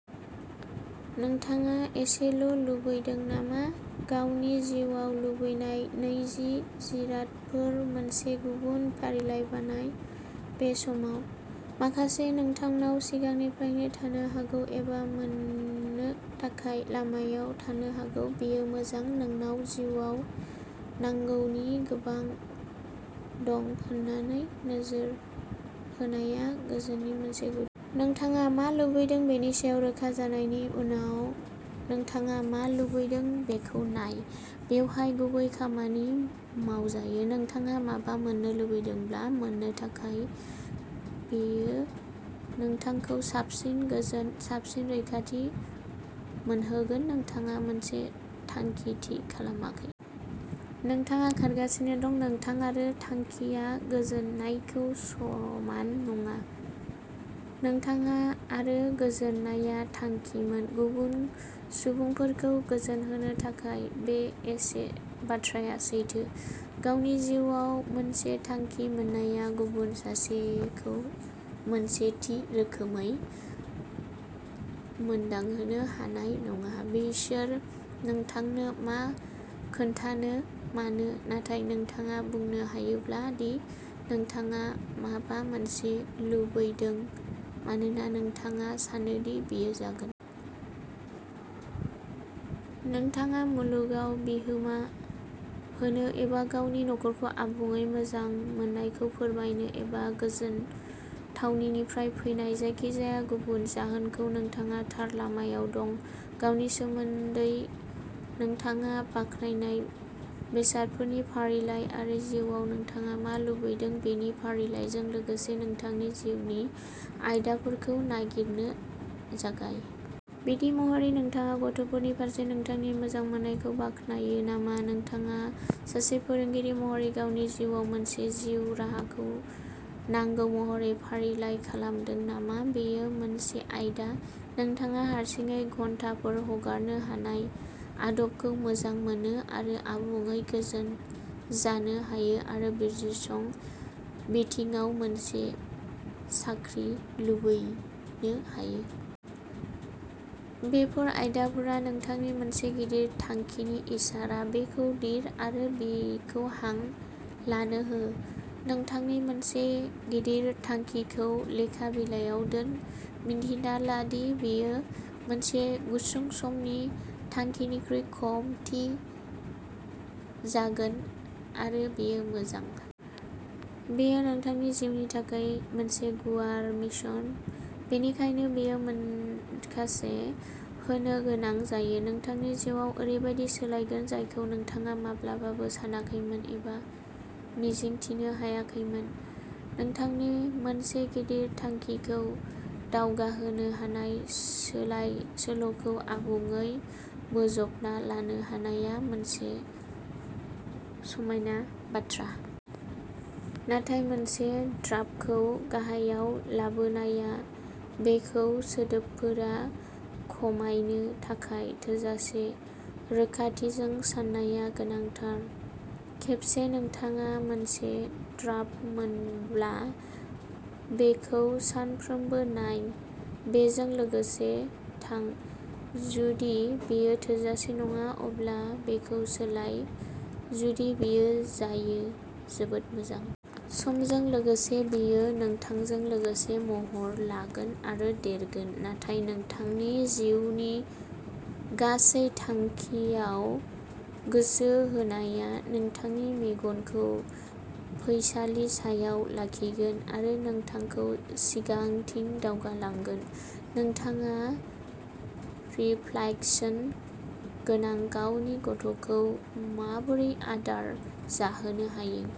नोंथाङा एसेल' लुबैदों नामा? गावनि जिउआव लुबैनाय नैजि जिरादफोरनि मोनसे गुबुन फारिलाइ बानाय, बे समाव। माखासे नोंथांनाव सिगांनिफ्रायनो थानो हागौ, एबा मोन्नो थाखाय लामायाव थानो हागौ। बेयो मोजां। नोंनाव जिउआव नांगौनि गोबां दं होन्ना नोजोर होनाया गोजोननायनि मोनसे गुदि। नोंथाङा मा लुबैदों बेनि सायाव रोखा जानायनि उनाव, नोंथाङा मानो लुबैदों बेखौ नाय। बेवहाय गुबै खामानि मावजायो। नोंथाङा माबा मोनसे लुबैदोंब्ला मानोना बेयो नोंथांखौ साबसिन, गोजोन, बांसिन रैखाथि मोनहोगोन। नोंथाङा मोनसे थांखि थि खालामाखै। नोंथाङा खारगासिनो दं। नोंथाङा आरो थांखिया गोजोननायखौ समान नङा। नोंथाङा आरो गोजोननाया थांखिमोन। गुबुन सुबुंफोरखौ गोजोनहोनो थाखायबो बे एखे बाथ्राया सैथो। गावनि जिउआव मोनसे थांखि मोननाया गुबुन सासेखौ मोनसे थि रोखोमै मोनदांहोनो हानाय नङा बिसोर नोंथांनो मा खोन्थानो मानो नाथाय, नोंथाङा बुंनो हायोब्ला दि नोंथाङा माबा मोनसे लुबैदों मानोना नोंथाङा सानो दि बेयो जागोन। नोंथाङा मुलुगआव बिहोमा होनो एबा गावनि नखरखौ आबुङै मोजां मोननायखौ फोरमायनो एबा गोजोन थावनिनिफ्राय फैनाय जायखिजाया गुबुन जाहोनजों, नोंथाङा थार लामायाव दं। गावनि सोमोन्दै नोंथाङा बाख्नायनाय बेसादफोरनि फारिलाइ आरो जिउआव नोंथाङा मा लुबैदों बेनि फारिलाइजों लोगोसे, नोंथांनि जिउनि आयदाफोरखौ नागिरनो जागाय। बिदिन्थि महरै, नोंथाङा गथ'फोरनि फारसे नोंथांनि मोजां मोननायखौ बाख्नायो नामा नोंथाङा सासे फोरोंगिरि महरै गावनि जिउआव मोनसे जिउ राहाखौ नांगौ महरै फारिलाइ खालामदोंमोन नामा, बेयो मोनसे आयदा। नोंथाङा हारसिङै घन्टाफोर हगारनो हानाय आदबखौ मोजां मोनो आरो आबुङै गोजोन जानो हायो आरो बिजिरसं बिथिङाव मोनसे साख्रि लुबैनो हायो। बेफोर आयदाफोरा नोंथांनि मोनसे गिदिर थांखिनि इसारा। बेखौ लिर आरो बेखौ हां लानो हो। नोंथांनि मोनसे गिदिर थांखिखौ लेखा बिलायाव दोन। मिन्थिना ला दि बेयो मोनसे गुसुं समनि थांखिनिख्रुइ खम थि जागोन आरो बेयो मोजां। बेयो। नोंथांनि जिउनि थाखाय मोनसे गुवार मिशन, बेनिखायनो बेयाव माखासे होनो गोनां जायो। नोंथांनि जिउआ ओरैबायदि सोलायगोन जायखौ नोंथाङा माब्लाबाबो सानाखैमोन एबा मिजिंथिनो हायाखैमोन। नोंथांनि मोनसे गिदिर थांखिखौ दावगाहोनो हानाय सोलाय-सोल'खौ आबुङै बोजबना लानो हानायआ मोनसे समायना बाथ्रा। नाथाय मोनसे ड्राफ्टखौ गाहायाव लाबोनाया, बेखौ सोदोबफोराव खमायनो थाखाय थोजासे रोखाथिजों साननाया गोनांथार। खेबसे नोंथाङा मोनसे ड्राफ्ट मोनब्ला, बेखौ सानफ्रोमबो नाय। बेजों लोगोसे थां। जुदि बेयो थोजासे नङा, अब्ला बेखौ सोलाय। जुदि बेयो जायो, जोबोद मोजां। समजों लोगोसे बेयो नोंथांजों लोगोसे महर लागोन आरो देरगोन, नाथाय नोंथांनि जिउनि गासै थांखिआव गोसो होनाया नोंथांनि मेगनखौ फैसालि सायाव लाखिगोन आरो नोंथांखौ सिगांथिं दावगालांगोन। नोंथाङा रिफ्लाक्स गोनां गावनि गथ'खौ माबोरै आदार जाहोनो हायो।